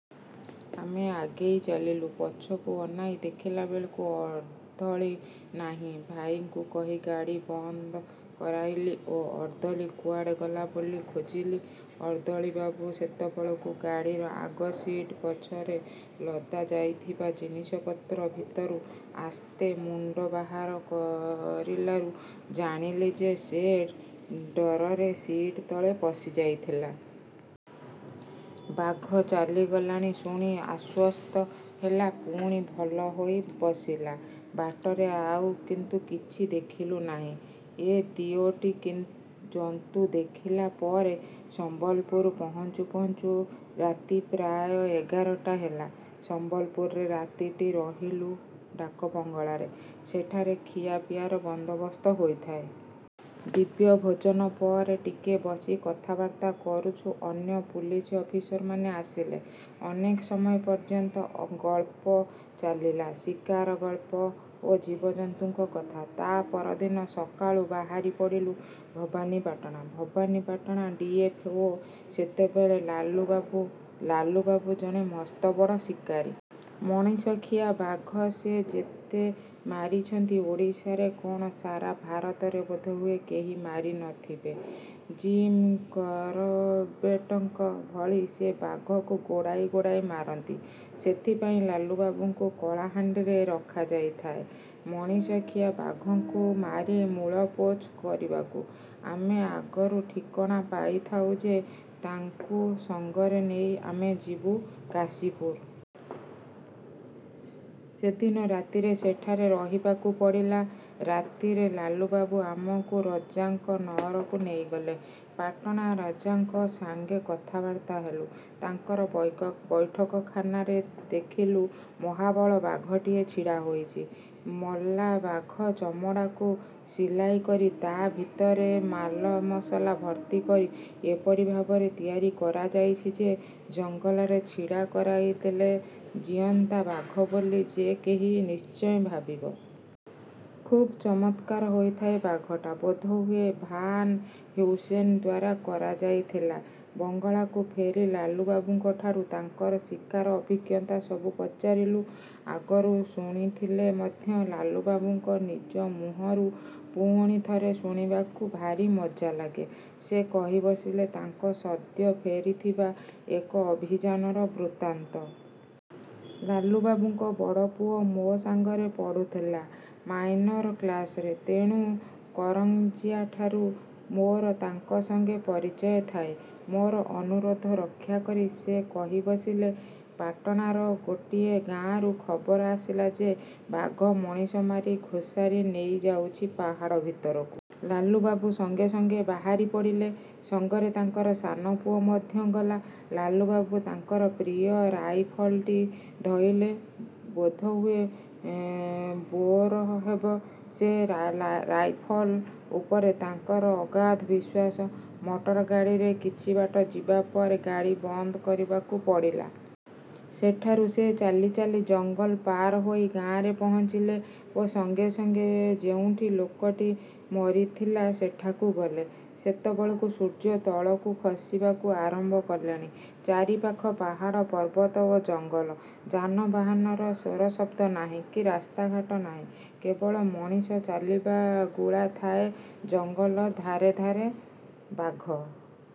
ଆମେ ଆଗେଇ ଚାଲିଲୁ। ପଛକୁ ଅନାଇ ଦେଖିଲା ବେଳକୁ ଅର୍ଦ୍ଦଳି ନାହିଁ। ଭାଇଙ୍କୁ କହି ଗାଡ଼ି ବନ୍ଦ କରାଇଲି ଓ ଅର୍ଦ୍ଦଳି କୁଆଡ଼େ ଗଲା ବୋଲି ଖୋଜିଲି। ଅର୍ଦ୍ଦଳିବାବୁ ସେତେବେଳକୁ ଗାଡ଼ିର ଆଗ ସିଟ୍ ପଛରେ ଲଦା ଯାଇଥିବା ଜିନିଷପତ୍ର ଭିତରୁ ଆସ୍ତେ ମୁଣ୍ଡ ବାହାର କରିଲାରୁ ଜାଣିଲି ଯେ ସେ ଡରରେ ସିଟ୍ ତଳେ ପଶିଯାଇଥିଲା। ବାଘ ଚାଲିଗଲାଣି ଶୁଣି ଆଶ୍ୱସ୍ତ ହୋଇ ପୁଣି ଭଲ ହୋଇ ବସିଲା। ବାଟରେ ଆଉ କିନ୍ତୁ କିଛି ଦେଖିଲୁ ନାହିଁ। ଏ ଦିଓଟି ଜନ୍ତୁ ଦେଖିଲା ପରେ ସମ୍ୱଲପୁର ପହଞ୍ଚୁ ପହଞ୍ଚୁ ରାତି ପ୍ରାୟ ଏଗାରଟା ହେଲା। ସମ୍ୱଲପୁରରେ ରାତିଟି ରହିଲୁ ଡାକବଙ୍ଗଳାରେ। ସେଠାରେ ଖିଆପିଆର ବନ୍ଦାବସ୍ତ ହୋଇଥାଏ। ଦିବ୍ୟ ଭୋଜନ ପରେ ଟିକେ ବସି କଥାବାର୍ତ୍ତା କରୁଛୁ ଅନ୍ୟ ପୁଲିସ ଅଫିସରମାନେ ଆସିଲେ। ଅନେକ ସମୟ ପର୍ଯ୍ୟନ୍ତ ଗଳ୍ପ ଚାଳିଲା-ଶିକାର ଗଳ୍ପ ଓ ଜୀବଜନ୍ତୁଙ୍କ କଥା। ତା' ପରଦିନ ସକାଳୁ ବାହାରି ପଡ଼ିଲୁ ଭବାନୀପାଟଣା। ଭବାନୀପାଟଣାର ଡ଼ି. ଏଫ. ଓ. ସେତେବେଳେ ଲାଲୁବାବୁ। ଲାଲୁବାବୁ ଜଣେ ମସ୍ତବଡ଼ ଶିକାରୀ। ମଣିଷଖିଆ ବାଘ ସେ ଯେତେ ମାରିଛନ୍ତି ଓଡ଼ିଶାରେ କ'ଣ ସାରା ଭାରତରେ ବୋଧହୁଏ କେହି ମାରି ନ ଥିବେ। ଜିମ୍ କରବେଟଙ୍କ ଭଳି ସେ ବାଘକୁ ଗୋଡ଼ାଇ ଗୋଡ଼ାଇ ମାରନ୍ତି। ସେଥିପାଇଁ ଲାଲୁବାବୁଙ୍କୁ କଳାହାଣ୍ଡିରେ ରଖାଯାଇଥାଏ-ମଣିଷଖିଆ ବାଘଙ୍କୁ ମାରି ମୂଳପୋଛ କରିବାକୁ। ଆମେ ଆଗରୁ ଠିକଣା କରିଥାଉଁ ଯେ ତାଙ୍କୁ ସଙ୍ଗରେ ନେଇ ଆମେ ଯିବୁ କାଶୀପୁର। ସେଦିନ ରାତିରେ ସେଠାରେ ରହିବାକୁ ପଡ଼ିଲା। ରାତିରେ ଲାଲୁବାବୁ ଆମକୁ ରଜାଙ୍କ ନଅରକୁ ନେଇଗଲେ। ପାଟଣା ରାଜାଙ୍କ ସଙ୍ଗେ କଥାବାର୍ତ୍ତା ହେଲୁ। ତାଙ୍କର ବୈଠକଖାନାରେ ଦେଖିଲୁ ମହାବଳ ବାଘଟାଏ ଛିଡ଼ା ହୋଇଛି। ମଲା ବାଘର ଚମଡ଼ାକୁ ସିଲାଇ କରି ତା' ଭିତରେ ମାଲମସଲା ଭର୍ତ୍ତି କରି ଏପରି ଭାବରେ ତିଆରି କରାଯାଇଛି ଯେ ଜଙ୍ଗଲରେ ଛିଡ଼ା କରାଇ ଦେଲେ ଜୀଅନ୍ତା ବାଘ ବୋଲି ଯେ କେହି ନିଶ୍ଚୟ ଭାବିବ। ଖୁବ୍ ଚମତ୍କାର ହୋଇଥାଏ ବାଘଟା। ବୋଧହୁଏ ଭାନ୍ ହ୍ୟୁସେନ ଦ୍ୱାରା କରାଯାଇଥିଲା। ବଙ୍ଗଳାକୁ ଫେରି ଳାଲୁବାବୁଙ୍କଠାରୁ ତାଙ୍କର ଶିକାର ଅଭିଜ୍ଞତା ସବୁ ପଚାରିଲୁ। ଆଗରୁ ଶୁଣିଥିଲେ ମଧ୍ୟ ଲାଲୁବାବୁଙ୍କ ନିଜ ମୁହଁରୁ ପୁଣି ଥରେ ଶୁଣିବାକୁ ଭାରି ମଜା ଲାଗେ। ସେ କହି ବସିଲେ, ତାଙ୍କ ସଦ୍ୟ ଫେରିଥିବା ଏକ ଅଭିଯାନର ବୃତ୍ତାନ୍ତ। ଲାଲୁବାବୁଙ୍କ ବଡ଼ ପୁଅ ମୋ ସାଙ୍ଗରେ ପଢ଼ୁଥିଲା-ମାଇନର କ୍ଲାସରେ। ତେଣୁ କରଂଜିଆଠାରୁ ମୋର ତାଙ୍କ ସଙ୍ଗେ ପରିଚୟ ଥାଏ। ମୋର ଅନୁରୋଧ ରକ୍ଷାକରି ସେ କହି ବସିଲେ- ପାଟଣାର ଗୋଟାଏ ଗାଁରୁ ଖବର ଆସିଲା ଯେ ବାଘ ମଣିଷ ମାରି ଘୋଷାରି ନେଇଯାଇଛି ପାହାଡ଼ ଭିତରକୁ। ଲାଲୁବାବୁ ସଙ୍ଗେ ସଙ୍ଗେ ବାହାରି ପଡ଼ିଲେ। ସଙ୍ଗରେ ତାଙ୍କର ସାନ ପୁଅ ମଧ୍ୟ ଗଲା। ଲାଲୁବାବୁ ତାଙ୍କର ପ୍ରିୟ ରାଇଫଲଟି ଧଇଲେ-ବୋଧହୁଏ. ବୋର ହେବ। ସେ ରାଇଫଲ ଉପରେ ତାଙ୍କର ଅଗାଧ ବିଶ୍ୱାସ। ମଟର ଗାଡ଼ିରେ କିଛି ବାଟ ଯିବା ପରେ ଗାଡ଼ି ବନ୍ଦ କରିବାକୁ ପଡ଼ିଲା। ସେଠାରୁ ସେ ଚାଲି ଚାଲି ଜଙ୍ଗଲ ପାର ହୋଇ ଗାଁରେ ପହଞ୍ଚିଲେ ଓ ସଙ୍ଗେ ସଙ୍ଗେ ଯେଉଁଠି ଲୋକଟି ମରିଥିଲା ସେଠାକୁ ଗଲେ। ସେତେବେଳକୁ ସୂର୍ଯ୍ୟ ତଳକୁ ଖସିବାକୁ ଆରମ୍ଭ କଲେଣି। ଚାରିପାଖ ପାହାଡ଼ ପର୍ବତ ଓ ଜଙ୍ଗଲ। ଯାନବାହାନର ସୋରଶବ୍ଦ ନାହିଁ କି ରାସ୍ତାଘାଟ ନାହିଁ।। କେବଳ ମଣିଷ ଚାଳିବା ଗୁଳା ଥାଏ ଜଙ୍ଗଲ ଧାରେ ଧାରେ। ବାଘ